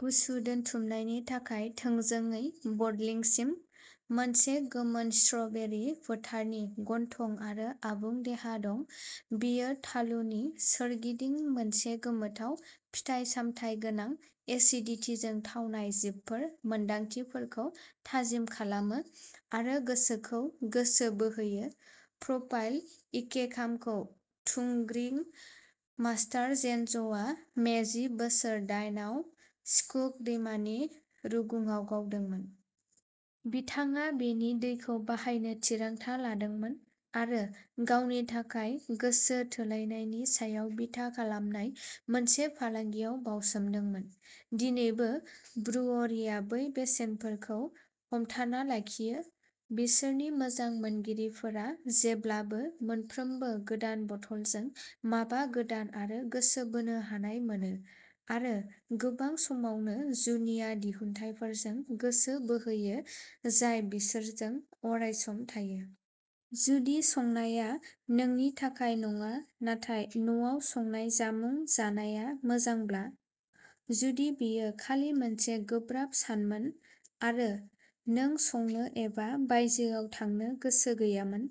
गुसु दोनथुमनायनि थाखाय थोंजोङै बटलिंसिम। मोनसे गोमोन स्ट्रबेरी फोथारनि गन्थं आरो आबुं देहा दं। बेयो थालुनि सोरगिदिं मोनसे गोथाव, फिथाइ-सामथाय गोनां एसिडिटीजों थावनाय जिपफोर, मोनदांथिफोरखौ थाजिम खालामो आरो गोसोखौ गोसो बोहोयो। प्रफाइल इकेकामखौ थुंग्रि मास्टार जेनज' आ मेइजि बोसोर दायेन आव चिकुग' दैमानि रुगुङाव गावदोंमोन। बिथाङा बेनि दैखौ बाहायनो थिरांथा लादोंमोन, आरो गावनि थाखाय गोसो थोलायनायनि सायाव बिथा खालामनाय मोनसे फालांगियाव बाउसोमदोंमोन। दिनैबो, ब्रुअरीआ बै बेसेनफोरखौ हमथाना लाखियो। बिसोरनि मोजां मोनगिरिफोरा जेब्लाबो मोनफ्रोमबो गोदान बथलजों माबा गोदान आरो गोसो बोनो हानाय मोनो, आरो गोबां समावनो जुनिया दिहुनथायफोरजों गोसो बोहोयो जाय बिसोरजों अरायसम थायो। जुदि संनाया नोंनि थाखाय नङा नाथाय न'आव संनाय जामुं जानाया मोजांब्ला? जुदि बेयो खालि मोनसे गोब्राब सानमोन आरो नों संनो एबा बायजोआव थांनो गोसो गैयामोन।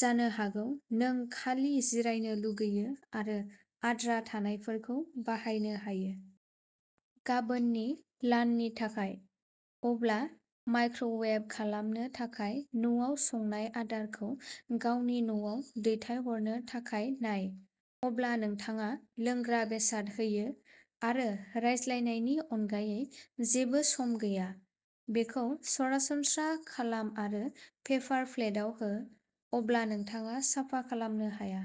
जानो हागौ नों खालि जिरायनो लुगैयो आरो आद्रा थानायफोरखौ बाहायनो हायो। गाबोननि लाननि थाखाय? अब्ला माइक्र'वेभ खालामनो थाखाय न'आव संनाय आदारखौ गावनि न'आव दैथायहरनो थाखाय नाय। अब्ला नोंथाङा लोंग्रा बेसाद होयो आरो रायज्लायनायनि अनगायै जेबो सम गैया। बेखौ सरासनस्रा खालाम आरो पेपार प्लेटआव हो, अब्ला नोंथाङा साफा खालामनो हाया।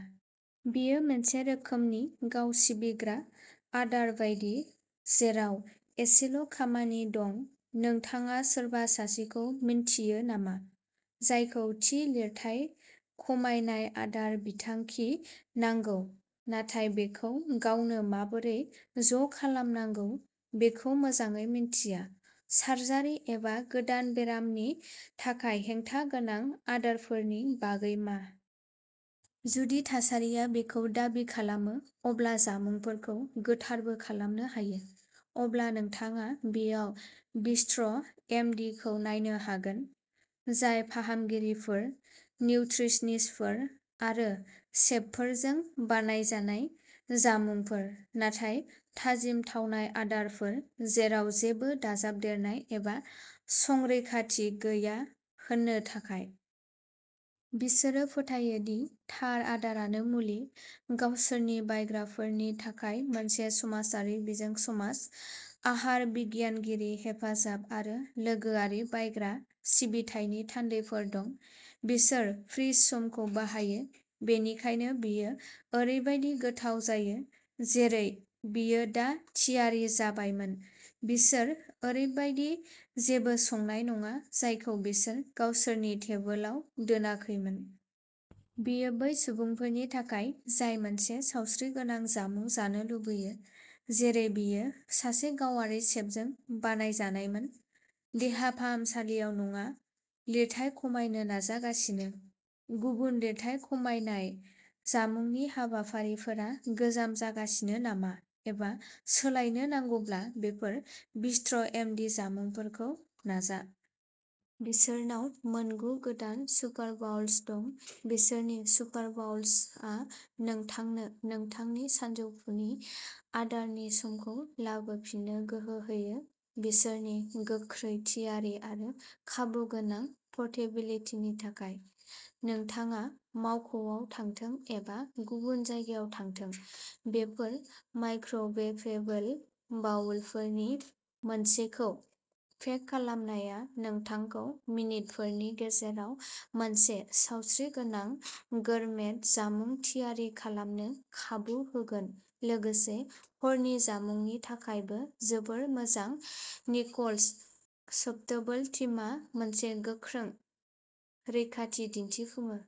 बेयो मोनसे रोखोमनि गाव-सिबिग्रा आदार बायदि, जेराव एसेल' खामानि दं नोंथाङा सोरबा सासेखौ मिन्थियो नामा, जायखौ थि लिरथाय खमायनाय आदार बिथांखि नांगौ, नाथाय बेखौ गावनो माबोरै ज'खालामनांगौ बेखौ मोजाङै मिन्थिया? सार्जारि एबा गोदान बेरामनि थाखाय हेंथा गोनां आदारफोरनि बागै मा? जुदि थासारिया बेखौ दाबि खालामो, अब्ला जामुंफोरखौ गोथारबो खालामनो हायो। अब्ला नोंथाङा बेयाव बिस्ट्र' एम डि खौ नायनो हागोन, जाय फाहामगिरिफोर, निउट्रिसनिस्टफोर आरो सेफफोरजों बानायजानाय जामुंफोर, नाथाय थाजिम थावनाय आदारफोर, जेराव जेबो दाजाबदेरनाय एबा संरैखाथि गैया, होनो थाखाय। बिसोरो फोथायो दि थार आदारानो मुलि। गावसोरनि बायग्राफोरनि थाखाय मोनसे समाजारि बिजों समाज, आहार बिगियानगिरि हेफाजाब आरो लोगोआरि बायग्रा सिबिथायनि थान्दैफोर दं। बिसोर फ्रिज समखौ बाहायो, बेनिखायनो बेयो ओरैबायदि गोथाव जायो जेरै बेयो दा थियारि जाबायमोन बिसोर ओरैबायदि जेबो संनाय नङा जायखौ बिसोरो गावसोरनि टेबोलाव दोनाखैमोन। बेयो बै सुबुंफोरनि थाखाय जाय मोनसे सावस्रिगोनां जामुं जानो लुबैयो, जेरै बेयो सासे गावारि सेफजों बानायजानायमोन, देहा फाहामसालियाव नङा लिरथाय खमायनो नाजागासिनो? गुबुन लिरथाय खमायनाय जामुंनि हाबाफारिफोरा गोजाम जागासिनो नामा एबा सोलायनो नांगौब्ला बेफोर बिस्ट्र' एम डि जामुंफोरखौ नाजा। बिसोरनाव मोन गु गोदान सुपारबाउल्स दं। बिसोरनि सुपारबाउल्सआ नोंथांनो नोंथांनि सानजौफुनि आदारनि समखौ लाबोफिननो गोहो होयो, बिसोरनि गोख्रै थियारि आरो खाबुगोनां परटेबिलितिनि थाखाय। नोंथाङा मावख'आव थांथों एबा गुबुन जायगायाव थांथों, बेफोर माइक्र'वेभेबल बाउलफोरनि मोनसेखौ पेक खालामनाया नोंथांखौ मिनितफोरनि गेजेराव मोनसे सावस्रिगोनां गोरमेट जामुं थियारि खालामनो खाबु होगोन लोगोसे हरनि जामुंनि थाखायबो जोबोद मोजां निकल्स सफ्टबल टीमा मोनसे गोख्रों रैखाथि दिन्थिफुङो।